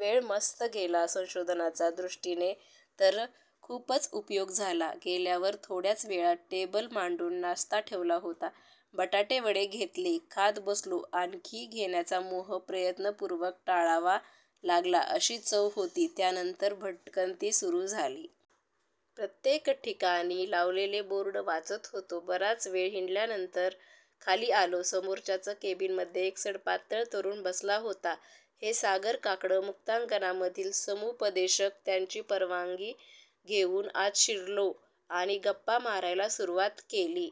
वेळ मस्त गेला. संशोधनाच्या दृष्टीने तर खूपच उपयोग झाला. गेल्यावर थोड्याच वेळात टेबल मांडून नाश्ता ठेवला होता. बटाटेवडे घेतले. खात बसलो. आणखी घेण्याचा मोह प्रयत्नपूर्वक टाळावा लागला अशी चव होती. त्यानंतर भटकंती सुरू झाली. प्रत्येक ठिकाणी लावलेले बोर्ड वाचत होतो. बराच वेळ हिंडल्यानंतर खाली आलो. समोरच्याच केबिनमध्ये एक सडपातळ तरुण बसला होता. हे सागर काकड. मुक्तांगणमधील समुपदेशक. त्यांची परवानगी घेऊन आत शिरलो आणि गप्पा मारायला सुरुवात केली.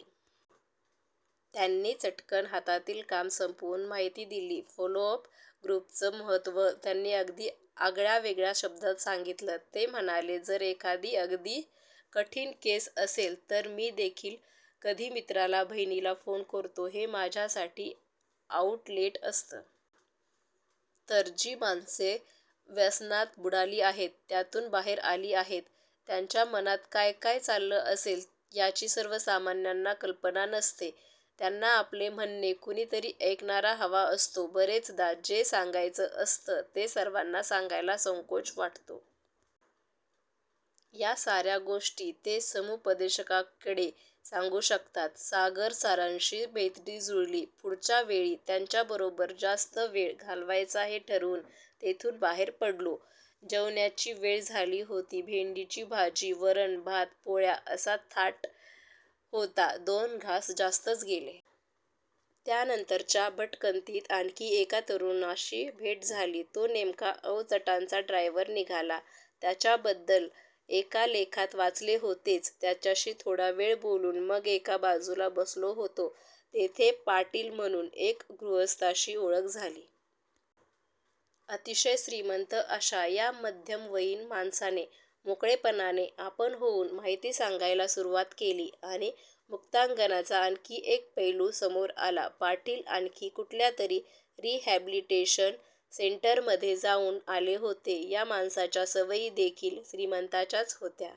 त्यांनी चटकन हातातील काम संपवून माहिती दिली. फॉलोअप ग्रुपचे महत्त्व त्यांनी अगदी आगळ्यावेगळ्या शब्दांत सांगितले. ते म्हणाले जर एखादी अगदी कठीण केस असेल तर मीदेखील कधी मित्राला, बहिणीला फोन करतो. हे माझ्यासाठी आउटलेट असतं. तर जी माणसे व्यसनात बुडाली आहेत, त्यातून बाहेर आली आहेत, त्यांच्या मनात काय काय चाललं असेल याची सर्वसामान्यांना कल्पना नसते. त्यांना आपले म्हणणे कुणीतरी ऐकणारा हवा असतो. बरेचदा जे सांगायचं असतं ते सर्वांना सांगायला संकोच वाटतो. या साऱ्या गोष्टी ते समुपदेशकाकडे सांगू शकतात. सागरसरांशी मैत्री जुळली. पुढच्यावेळी त्यांच्याबरोबर जास्त वेळ घालवायचा हे ठरवून तेथून बाहेर पडलो. जेवण्याची वेळ झाली होती. भेंडीची भाजी, वरण, भात, पोळ्या असा थाट होता. दोन घास जास्तच गेले. त्यानंतरच्या भटकंतीत आणखी एका तरुणाशी भेट झाली. तो नेमका अवचटांचा ड्रायव्हर निघाला. त्याच्याबद्दल एका लेखात वाचले होतेच. त्याच्याशी थोडा वेळ बोलून मग एका बाजूला बसलो होतो. तेथे पाटील म्हणून एक गृहस्थांशी ओळख झाली. अतिशय श्रीमंत अशा या मध्यमवयीन माणसाने मोकळेपणाने आपण होऊन माहिती सांगायला सुरुवात केली आणि मुक्तांगणचा आणखी एक पैलू समोर आला. पाटील आणखी कुठल्यातरी रिहॅबिलिटेशन सेंटरमध्ये जाऊन आले होते. या माणसाच्या सवयीदेखील श्रीमंतांच्याच होत्या.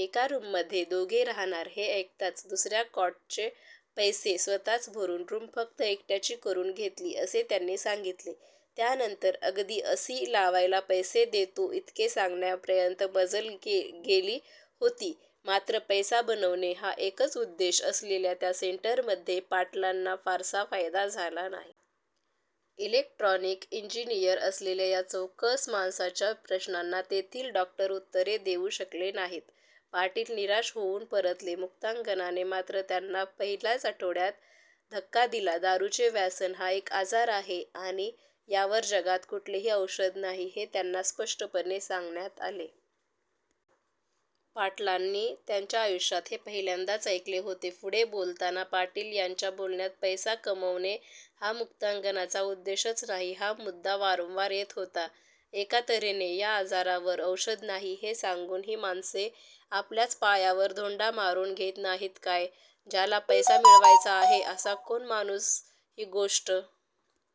एका रूममध्ये दोघे राहणार हे ऐकताच दुसऱ्या कॉटचे पैसे स्वतःच भरून रूम फक्त एकट्याची करून घेतली असे त्यांनी सांगितले. त्यानंतर अगदी एसी लावायला पैसे देतो इतके सांगण्यापर्यंत मजल गेली होती. मात्र पैसा बनवणे हा एकच उद्देश असलेल्या त्या सेंटरमध्ये पाटलांना फारसा फायदा झाला नाही. इलेक्ट्रॉनिक इंजिनिअर असलेल्या या चौकस माणसाच्या प्रश्नांना तेथील डॉक्टर उत्तरे देऊ शकले नाहीत. पाटील निराश होऊन परतले. मुक्तांगणने मात्र त्यांना पहिल्याच आठवड्यात धक्का दिला. दारूचे व्यसन हा एक आजार आहे आणि यावर जगात कुठलेही औषध नाही हे त्यांना स्पष्टपणे सांगण्यात आले. पाटलांनी त्यांच्या आयुष्यात हे पहिल्यांदाच ऐकले होते. पुढे बोलताना पाटील यांच्या बोलण्यात पैसा कमवणे हा मुक्तांगणचा उद्देशच नाही हा मुद्दा वारंवार येत होता. एका तऱ्हेने या आजारावर औषध नाही हे सांगून ही माणसे आपल्याच पायावर धोंडा मारून घेत नाहीत काय? ज्याला पैसा मिळवायचा आहे असा कोण माणूस ही गोष्ट